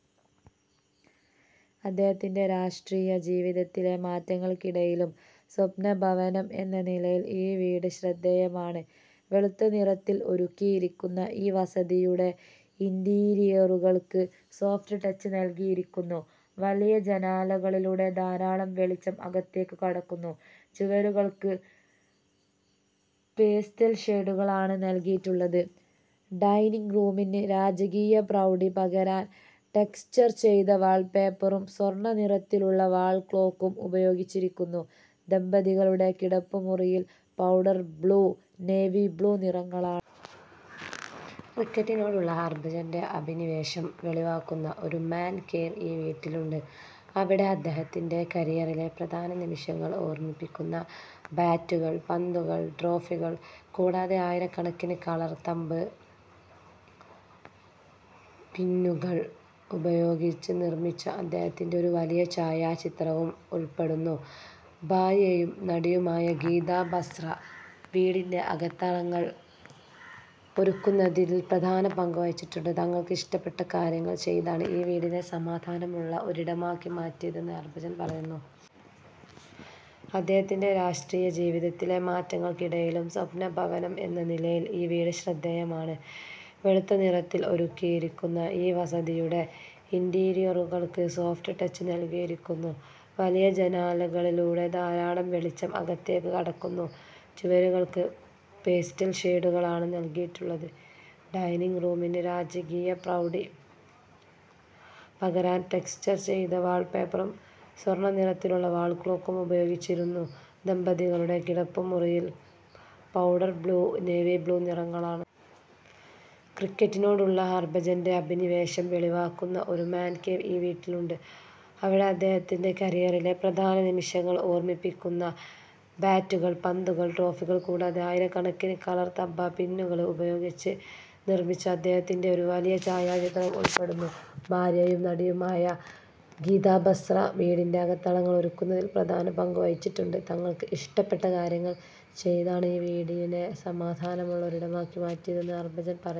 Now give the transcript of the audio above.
അദ്ദേഹത്തിന്റെ രാഷ്ട്രീയ ജീവിതത്തിലെ മാറ്റങ്ങൾക്കിടയിലും, സ്വപ്നഭവനം എന്ന നിലയിൽ ഈ വീട് ശ്രദ്ധേയമാണ്. വെളുത്ത നിറത്തിൽ ഒരുക്കിയിരിക്കുന്ന ഈ വസതിയുടെ ഇന്റീരിയറുകൾക്ക് 'സോഫ്റ്റ് ടച്ച്' നൽകിയിരിക്കുന്നു, വലിയ ജനാലകളിലൂടെ ധാരാളം വെളിച്ചം അകത്തേക്ക് കടക്കുന്നു, ചുവരുകൾക്ക് പേസ്റ്റൽ ഷേഡുകളാണ് നൽകിയിട്ടുള്ളത്. ഡൈനിങ് റൂമിന് രാജകീയ പ്രൗഢി പകരാൻ ടെക്സ്ചർ ചെയ്ത വാൾപേപ്പറും സ്വർണ നിറത്തിലുള്ള വാൾ ക്ലോക്കും ഉപയോഗിച്ചിരിക്കുന്നു, ദമ്പതികളുടെ കിടപ്പുമുറിയിൽ പൗഡർ-ബ്ലൂ, നേവി ബ്ലൂ നിറങ്ങളാണ്. ക്രിക്കറ്റിനോടുള്ള ഹർഭജന്റെ അഭിനിവേശം വെളിവാക്കുന്ന ഒരു 'മാൻ കേവ്' ഈ വീട്ടിലുണ്ട്, അവിടെ അദ്ദേഹത്തിന്റെ കരിയറിലെ പ്രധാന നിമിഷങ്ങൾ ഓർമ്മിപ്പിക്കുന്ന ബാറ്റുകൾ, പന്തുകൾ, ട്രോഫികൾ, കൂടാതെ ആയിരക്കണക്കിന് കളർ തംബ് പിന്നുകൾ ഉപയോഗിച്ച് നിർമ്മിച്ച അദ്ദേഹത്തിന്റെ ഒരു വലിയ ഛായാചിത്രവും ഉൾപ്പെടുന്നു. ഭാര്യയും നടിയുമായ ഗീത ബസ്ര വീടിന്റെ അകത്തളങ്ങൾ ഒരുക്കുന്നതിൽ പ്രധാന പങ്ക് വഹിച്ചിട്ടുണ്ട്, തങ്ങൾക്ക് ഇഷ്ടപ്പെട്ട കാര്യങ്ങൾ ചെയ്താണ് ഈ വീടിനെ സമാധാനമുള്ള ഒരിടമാക്കി മാറ്റിയതെന്ന് ഹർഭജൻ പറയുന്നു. അദ്ദേഹത്തിന്റെ രാഷ്ട്രീയ ജീവിതത്തിലെ മാറ്റങ്ങൾക്കിടയിലും, സ്വപ്നഭവനം എന്ന നിലയിൽ ഈ വീട് ശ്രദ്ധേയമാണ്. വെളുത്ത നിറത്തിൽ ഒരുക്കിയിരിക്കുന്ന ഈ വസതിയുടെ ഇന്റീരിയറുകൾക്ക് 'സോഫ്റ്റ് ടച്ച്' നൽകിയിരിക്കുന്നു, വലിയ ജനാലകളിലൂടെ ധാരാളം വെളിച്ചം അകത്തേക്ക് കടക്കുന്നു, ചുവരുകൾക്ക് പേസ്റ്റൽ ഷേഡുകളാണ് നൽകിയിട്ടുള്ളത്. ഡൈനിങ് റൂമിന് രാജകീയ പ്രൗഢി പകരാൻ ടെക്സ്ചർ ചെയ്ത വാൾപേപ്പറും സ്വർണ നിറത്തിലുള്ള വാൾ ക്ലോക്കും ഉപയോഗിച്ചിരിക്കുന്നു, ദമ്പതികളുടെ കിടപ്പുമുറിയിൽ പൗഡർ-ബ്ലൂ, നേവി ബ്ലൂ നിറങ്ങളാണ്. ക്രിക്കറ്റിനോടുള്ള ഹർഭജന്റെ അഭിനിവേശം വെളിവാക്കുന്ന ഒരു 'മാൻ കേവ്' ഈ വീട്ടിലുണ്ട്, അവിടെ അദ്ദേഹത്തിന്റെ കരിയറിലെ പ്രധാന നിമിഷങ്ങൾ ഓർമ്മിപ്പിക്കുന്ന ബാറ്റുകൾ, പന്തുകൾ, ട്രോഫികൾ, കൂടാതെ ആയിരക്കണക്കിന് കളർ തംബ് പിന്നുകൾ ഉപയോഗിച്ച് നിർമ്മിച്ച അദ്ദേഹത്തിന്റെ ഒരു വലിയ ഛായാചിത്രവും ഉൾപ്പെടുന്നു. ഭാര്യയും നടിയുമായ ഗീത ബസ്ര വീടിന്റെ അകത്തളങ്ങൾ ഒരുക്കുന്നതിൽ പ്രധാന പങ്ക് വഹിച്ചിട്ടുണ്ട്, തങ്ങൾക്ക് ഇഷ്ടപ്പെട്ട കാര്യങ്ങൾ ചെയ്താണ് ഈ വീടിനെ സമാധാനമുള്ള ഒരിടമാക്കി മാറ്റിയതെന്ന് ഹർഭജൻ പറയുന്നു.